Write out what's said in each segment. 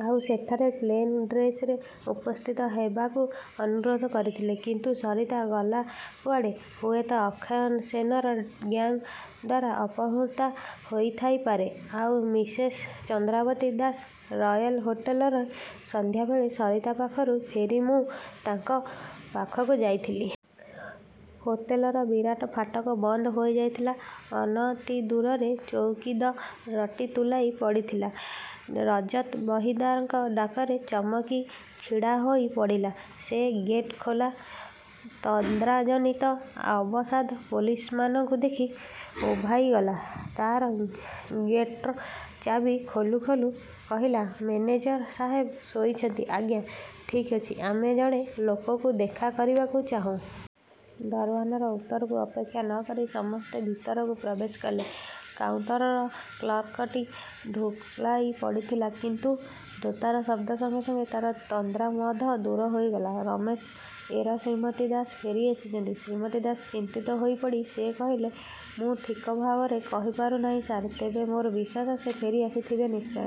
ଆଉ ସେଠାରେ ପ୍ଲେନ ଡ୍ରେସରେ ଉପସ୍ଥିତ ହେବାକୁ ଅନୁରୋଧ କରିଥିଲେ। କିନ୍ତୁ ସରିତା ଗଲା କୁଆଡ଼େ? ହୁଏତ ଅକ୍ଷୟ ସେନର ଗ୍ୟାଙ୍ଗ ଦ୍ୱାରା ଅପହୃତା ହୋଇଥାଇପାରେ। ଆଉ ମିସେସ୍ ଚନ୍ଦ୍ରାବତୀ ଦାସ? 'ରୟେଲ ହୋଟେଲ'ରେ। ସନ୍ଧ୍ୟାବେଳେ ସରିତା ପାଖରୁ ଫେରି ମୁଁ ତାଙ୍କ ପାଖକୁ ଯାଇଥିଲି। ହୋଟେଲର ବିରାଟ ଫାଟକ ବନ୍ଦ ହୋଇଯାଇଥିଲା। ଅନତିଦୂରରେ ଚୌକିଦ ରଟି ତୁଳାଇ ପଡ଼ିଥିଲା। ରଜତ ବହିଦାରଙ୍କ ଡାକରେ ଚମକି ଛିଡ଼ାହୋଇପଡ଼ିଲା ସେ। ଗେଟ ଖୋଲ। ତନ୍ଦ୍ରାଜନିତ ଅବସାଦ ପୋଲିସମାନଙ୍କୁ ଦେଖି ଉଭାଇଗଲା ତା'ର। ଗେଟ୍ର ଚାବି ଖୋଲୁ ଖୋଲୁ କହିଲା—ମେନେଜର ସାହେବ ଶୋଇଛନ୍ତି, ଆଜ୍ଞା! ଠିକ୍ ଅଛି, ଆମେ ଜଣେ ଲୋକକୁ ଦେଖା କରିବାକୁ ଚାହୁଁ। ଦରଓ୍ୱାନର ଉତ୍ତରକୁ ଅପେକ୍ଷା ନ କରି ସମସ୍ତେ ଭିତରକୁ ପ୍ରବେଶ କଲେ। କାଉଣ୍ଟର କ୍ଲର୍କଟି ଢୁଳାଇପଡ଼ିଥିଲା। କିନ୍ତୁ ଜୋତାର ଶବ୍ଦ ସଙ୍ଗେ ସଙ୍ଗେ ତାର ତନ୍ଦ୍ରା ମଧ୍ୟ ଦୂର ହୋଇଗଲା। ରମେଶ, ଏ ର ଶ୍ରୀମତୀ ଦାସ ଫେରିଆସିଛନ୍ତି? ଶ୍ରୀମତୀ ଦାସ.. ଚିନ୍ତିତ ହୋଇପଡ଼ି ସେ କହିଲା—ମୁଁ ଠିକ୍ଭାବରେ କହିପାରୁନାହିଁ ସାର୍, ତେବେ ମୋର ବିଶ୍ୱାସ ସେ ଫେରି ଆସିଥିବେ ନିଶ୍ଚୟ।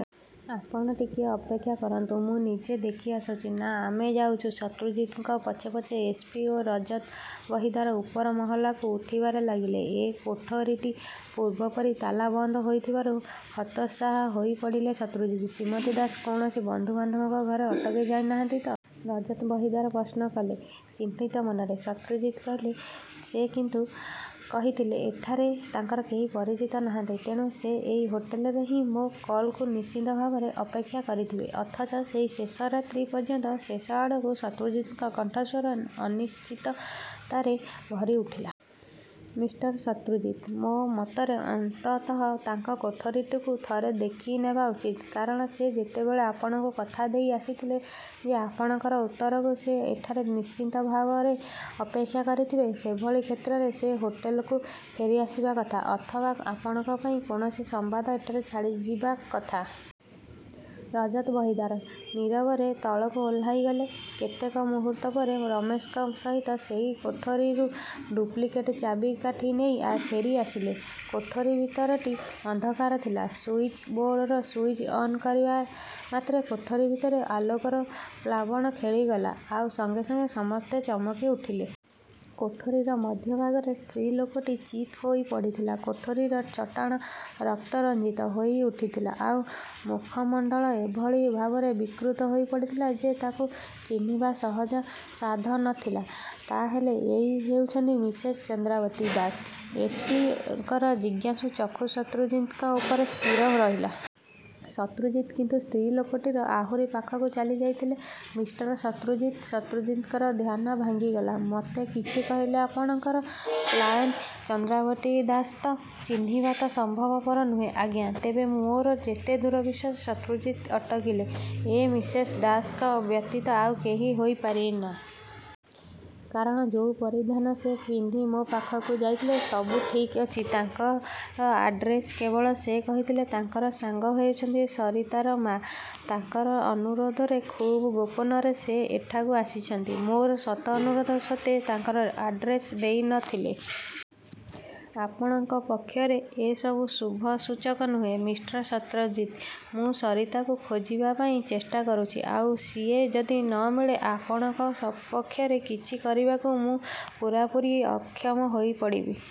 ଆପଣ ଟିକିଏ ଅପେକ୍ଷା କରନ୍ତୁ, ମୁଁ ନିଜେ ଦେଖିଆସୁଛି। ନା, ଆମେ ଯାଉଛୁଁ। ଶତ୍ରୁଜିତଙ୍କ ପଛେ ପଛେ ଏସ. ପି. ଓ ରଜତ ବହିଦାର ଉପର ମହଲାକୁ ଉଠିବାରେ ଲାଗିଲେ। ଏ କୋଠରିଟି ପୂର୍ବପରି ତାଲା ବନ୍ଦ ହୋଇଥିବାରୁ ହତୋତ୍ସାହ ହୋଇପଡ଼ିଲେ ଶତ୍ରୁଜିତ୍। ଶ୍ରୀମତୀ ଦାସ କୌଣସି ବନ୍ଧୁବାନ୍ଧବଙ୍କ ଘରେ ଅଟକି ଯାଇନାହାନ୍ତି ତ? ରଜତ ବହିଦାର ପ୍ରଶ୍ନ କଲେ। ଚିନ୍ତିତ ମନରେ ଶତ୍ରୁଜିତ୍ କହିଲେ—ସେ କିନ୍ତୁ କହିଥିଲେ ଏଠାରେ ତାଙ୍କର କେହି ପରିଚିତ ନାହାନ୍ତି। ତେଣୁ ସେ ଏଇ ହୋଟେଲରେ ହିଁ ମୋ କଲ୍କୁ ନିଶ୍ଚିତ ଭାବରେ ଅପେକ୍ଷା କରିଥିବେ। ଅଥଚ ଏଇ ଶେଷରାତ୍ରି ପର୍ଯ୍ୟନ୍ତ... ଶେଷଆଡ଼କୁ ଶତ୍ରୁଜିତଙ୍କ କଣ୍ଠସ୍ୱର ଅନିଶ୍ଚିତତାରେ ଭରିଉଠିଲା। ମିଷ୍ଟର ଶତ୍ରୁଜିତ୍ ମୋ ମତରେ ଅନ୍ତତଃ ତାଙ୍କ କୋଠରିଟିକୁ ଥରେ ଦେଖିନେବା ଉଚିତ-। କାରଣ ସେ ଯେତେବେଳେ ଆପଣଙ୍କୁ କଥା ଦେଇ ଆସିଥିଲେ ଯେ ଆପଣଙ୍କର ଉତ୍ତରକୁ ସେ ଏଠାରେ ନିଶ୍ଚିତ ଭାବରେ ଅପେକ୍ଷା କରିଥିବେ, ସେଭଳି କ୍ଷେତ୍ରରେ ସେ ହୋଟେଲକୁ ଫେରିଆସିବା କଥା, ଅଥବା ଆପଣଙ୍କ ପାଇଁ କୌଣସି ସମ୍ବାଦ ଏଠାରେ ଛାଡ଼ିଯିବା କଥା... ରଜତ ବହିଦାର ନୀରବରେ ତଳକୁ ଓହ୍ଳାଇଗଲେ। କେତେକ ମୁହୂର୍ତ୍ତ ପରେ ରମେଶଙ୍କ ସହିତ ସେଇ କୋଠରିର ଡୁପ୍ଲିକେଟ୍ ଚାବିକାଠି ନେଇ ଫେରିଆସିଲେ। କୋଠରି ଭିତରଟି ଅନ୍ଧକାର ଥିଲା। ସୁଇଚ ବୋର୍ଡର ସୁଇଚ୍ ଅନ୍ କରିବା ମାତ୍ରେ କୋଠରି ଭିତରେ ଆଲୋକର ପ୍ଳାବନ ଖେଳିଗଲା। ଆଉ ସଙ୍ଗେ ସଙ୍ଗେ ସମସ୍ତେ ଚମକିଉଠିଲେ। କୋଠରିର ମଧ୍ୟଭାଗରେ ସ୍ତ୍ରୀଲୋକଟିଏ ଚିତ୍ହୋଇ ପଡ଼ିଥିଲା। କୋଠରିର ଚଟାଣ ରକ୍ତରଞ୍ଜିତ ହୋଇଉଠଥିଲା। ଆଉ ମୁଖମଣ୍ଡଳ ଏଭଳି ଭାବରେ ବିକୃତ ହୋଇ ପଡ଼ିଥିଲା ଯେ ତାକୁ ଚିହ୍ନିବା ସହଜ ସାଧ୍ୟ ନ ଥିଲା। ତା ହେଲେ ଏଇ ହେଉଛନ୍ତି Mrs Chandrabati Das? S. P. ଙ୍କର ଜିଜ୍ଞାସୁ ଚକ୍ଷୁ ଶତ୍ରୁଜିତଙ୍କ ଉପରେ ସ୍ଥିର ରହିଲା। ଶତ୍ରୁଜିତ୍ କିନ୍ତୁ ସ୍ତ୍ରୀଲୋକଟିର ଆହୁରି ପାଖକୁ ଚାଲିଯାଇଥିଲେ। ମିଷ୍ଟର ଶତ୍ରୁଜିତ୍? ଶତ୍ରୁଜିତଙ୍କର ଧ୍ୟାନ ଭାଙ୍ଗିଗଲା। ମୋତେ କିଛି କହିଲେ… ଆପଣଙ୍କର କ୍ଲାଏଣ୍ଟ ଚନ୍ଦ୍ରାବତୀ ଦାସ ତ? ଚିହ୍ନିବା ତ ସମ୍ଭବପର ନୁହେଁ, ଆଜ୍ଞା! ତେବେ ମୋର ଯେତେଦୂର ବିଶ୍ୱାସ... ଶତ୍ରୁଜିତ୍ ଅଟକିଲେ। ଏ ମିସେସ ଦାସଙ୍କ ବ୍ୟତୀତ ଆଉ କେହି ହୋଇପାରେନା। କାରଣ ଯୋଉ ପରିଧାନ ସେ ପିନ୍ଧି ମୋ ପାଖକୁ ଯାଇଥିଲେ ସବୁ ଠିକ୍ଅଛି। ତାଙ୍କର ଆଡ୍ରେସ... କେବଳ ସେ କହିଥିଲେ ତାଙ୍କର ସାଙ୍ଗ ହେଉଛନ୍ତି ସରିତାର ମାଆ। ତାଙ୍କର ଅନୁରୋଧରେ ଖୁବ୍ ଗୋପନରେ ସେ ଏଠାକୁ ଆସିଛନ୍ତି। ମୋର ଶତ ଅନୁରୋଧ ସତ୍ତ୍ୱେ ତାଙ୍କର ଆଡ୍ରେସ ଦେଇ ନ ଥିଲେ। ଆପଣଙ୍କ ପକ୍ଷରେ ଏ ସବୁ ଶୁଭସୂଚକ ନୁହେଁ, ମିଷ୍ଟର ଶତ୍ରୁଜିତ୍! ମୁଁ ସରିତାକୁ ଖୋଜିବାପାଇଁ ଚେଷ୍ଟା କରୁଛି। ଆଉ ସିଏ ଯଦି ନ ମିଳେ ଆପଣଙ୍କ ସପକ୍ଷରେ କିଛି କରିବାକୁ ମୁଁ ପୂରାପୂରି ଅକ୍ଷମ ହୋଇପଡ଼ିବି।